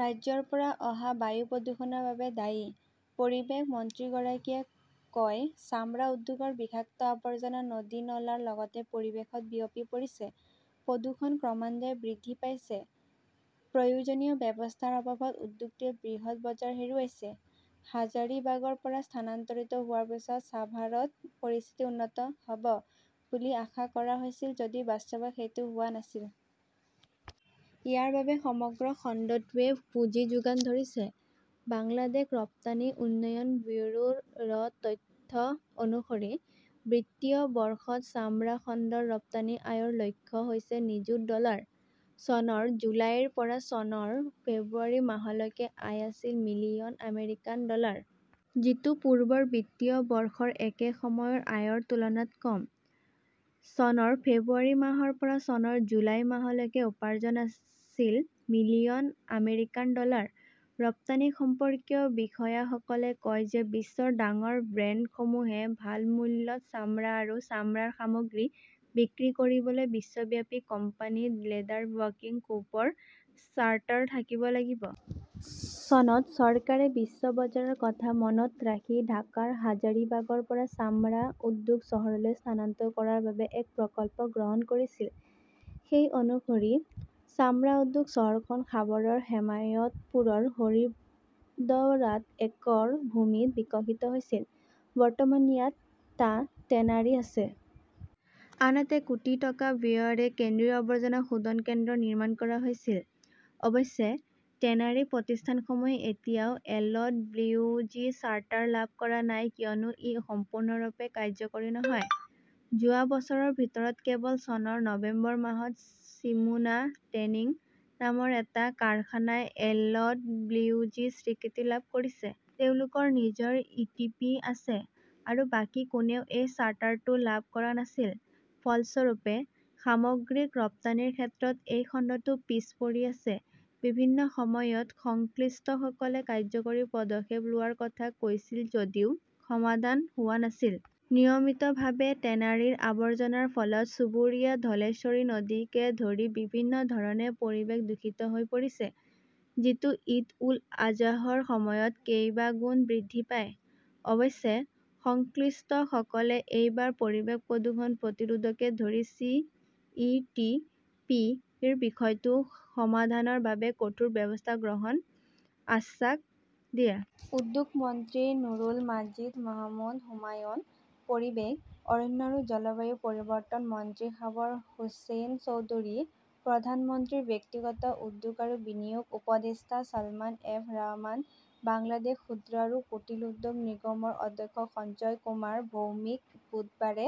ৰাজ্যৰ পৰা অহা বায়ু প্ৰদূষণৰ বাবে দায়ী, পৰিৱেশ মন্ত্ৰীগৰাকীয়ে কয় চামৰা উদ্যোগৰ বিষাক্ত আৱৰ্জনা নদী-নলাৰ লগতে পৰিৱেশত বিয়পি পৰিছে। প্ৰদূষণ ক্ৰমান্বয়ে বৃদ্ধি পাইছে। প্ৰয়োজনীয় ব্যৱস্থাৰ অভাৱত উদ্যোগটোৱে বৃহৎ বজাৰ হেৰুৱাইছে। হাজাৰিবাগৰ পৰা স্থানান্তৰিত হোৱাৰ পিছত ছাভাৰত পৰিস্থিতি উন্নত হ "ব বুলি আশা কৰা হৈছিল যদিও বাস্তৱত সেইটো হোৱা নাছিল। ইয়াৰ বাবে সমগ্ৰ খণ্ডটোৱে পুঁজি যোগান ধৰিছে। বাংলাদেশ ৰপ্তানি উন্নয়ন ব্যুৰো ৰ তথ্য অনুসৰি, বিত্তীয় বৰ্ষত চামৰা খণ্ডৰ ৰপ্তানি আয়ৰ লক্ষ্য হৈছে নিযুত ডলাৰ। চনৰ জুলাইৰ পৰা চনৰ ফেব্ৰুৱাৰী মাহলৈকে আয় আছিল মিলিয়ন আমেৰিকান ডলাৰ। যিটো পূৰ্বৰ বিত্তীয় বৰ্ষৰ একে সময়ৰ আয়ৰ তুলনাত কম। চনৰ ফেব্ৰুৱাৰী মাহৰ পৰা চনৰ জুলাই মাহলৈকে উপাৰ্জন আছিল মিলিয়ন আমেৰিকান ডলাৰ। ৰপ্তানি সম্পৰ্কীয় বিষয়াসকলে কয় যে বিশ্বৰ ডাঙৰ ব্ৰেণ্ডসমূহে ভাল মূল্যত চামৰা আৰু চামৰাৰ সামগ্ৰী বিক্ৰী কৰিবলৈ বিশ্বব্যাপী কোম্পানী লেদাৰ ৱৰ্কিং গ্ৰুপৰ চাৰ্টাৰ থাকিব লাগিব। চনত চৰকাৰে বিশ্ব বজাৰৰ কথা মনত ৰাখি ঢাকাৰ হাজাৰিবাগৰ পৰা চামৰা উদ্যোগ চহৰলৈ স্থানান্তৰ কৰাৰ বাবে এক প্ৰকল্প গ্ৰহণ কৰিছিল। সেই অনুসৰি, চামৰা উদ্যোগ চহৰখন সাৱৰৰ হেমায়তপুৰৰ হৰিন্ধৰাত একৰ ভূমিত বিকশিত হৈছিল। বৰ্তমান ইয়াত টা টেনাৰী আছে। আনহাতে কোটি টকা ব্যয়েৰে কেন্দ্ৰীয় আৱৰ্জনা শোধন কেন্দ্ৰ নিৰ্মাণ কৰা হৈছিল। অৱশ্যে, টেনাৰী প্ৰতিষ্ঠানসমূহে এতিয়াও এলডব্লিউজি চাৰ্টাৰ লাভ কৰা নাই কিয়নো ই সম্পূৰ্ণৰূপে কাৰ্যকৰী নহয়। যোৱা বছৰৰ ভিতৰত কেৱল চনৰ নৱেম্বৰ মাহত "চিমোনা টেনিং" নামৰ এটা কাৰখানাই এলডব্লিউজি স্বীকৃতি লাভ কৰিছে। তেওঁলোকৰ নিজৰ ইটিপি আছে। আৰু বাকী কোনেও এই চাৰ্টাৰটো লাভ কৰা নাছিল। ফলস্বৰূপে, সামগ্ৰিক ৰপ্তানিৰ ক্ষেত্ৰত এই খণ্ডটো পিছ পৰি আছে। বিভিন্ন সময়ত সংশ্লিষ্টসকলে কাৰ্যকৰী পদক্ষেপ লোৱাৰ কথা কৈছিল যদিও সমাধান হোৱা নাছিল। নিয়মিতভাৱে টেনাৰীৰ আৱৰ্জনাৰ ফলত চুবুৰীয়া ধলেশ্বৰী নদীকে ধৰি বিভিন্ন ধৰণে পৰিৱেশ দূষিত হৈ পৰিছে। যিটো ঈদ-উল-আজাহৰ সময়ত কেইবাগুণ বৃদ্ধি পায়। অৱশ্যে, সংশ্লিষ্টসকলে এইবাৰ পৰিৱেশ প্ৰদূষণ প্ৰতিৰোধকে ধৰি চি. ই. টি. পি. -ৰ বিষয়টো সমাধানৰ বাবে কঠোৰ ব্যৱস্থা গ্ৰহণৰ আশ্বাস দিয়ে। উদ্যোগ মন্ত্ৰী নুৰুল মাজিদ মাহমুদ হুমায়ুন, পৰিৱেশ, অৰণ্য আৰু জলবায়ু পৰিৱৰ্তন মন্ত্ৰী সাবৰ হোসেন চৌধুৰী, প্ৰধানমন্ত্ৰীৰ ব্যক্তিগত উদ্যোগ আৰু বিনিয়োগ উপদেষ্টা ছলমান এফ ৰহমান, বাংলাদেশ ক্ষুদ্ৰ আৰু কুটিল উদ্যোগ নিগমৰ অধ্যক্ষ সঞ্জয় কুমাৰ ভৌমিক বুধবাৰে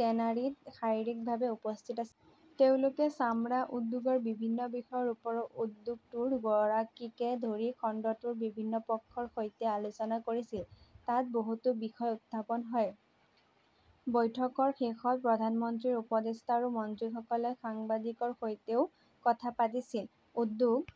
টেনাৰীত শাৰীৰিকভাৱে উপস্থিত আছিল। তেওঁলোকে চামৰা উদ্যোগৰ বিভিন্ন বিষয়ৰ ওপৰত উদ্যোগটোৰ গৰাকীকে ধৰি খণ্ডটোৰ বিভিন্ন পক্ষৰ সৈতে আলোচনা কৰিছিল। তাত বহুতো বিষয় উত্থাপন হয়। বৈঠকৰ শেষত প্ৰধানমন্ত্ৰীৰ উপদেষ্টা আৰু মন্ত্ৰীসকলে সাংবাদিকৰ সৈতেও কথা পাতিছিল। উদ্যোগ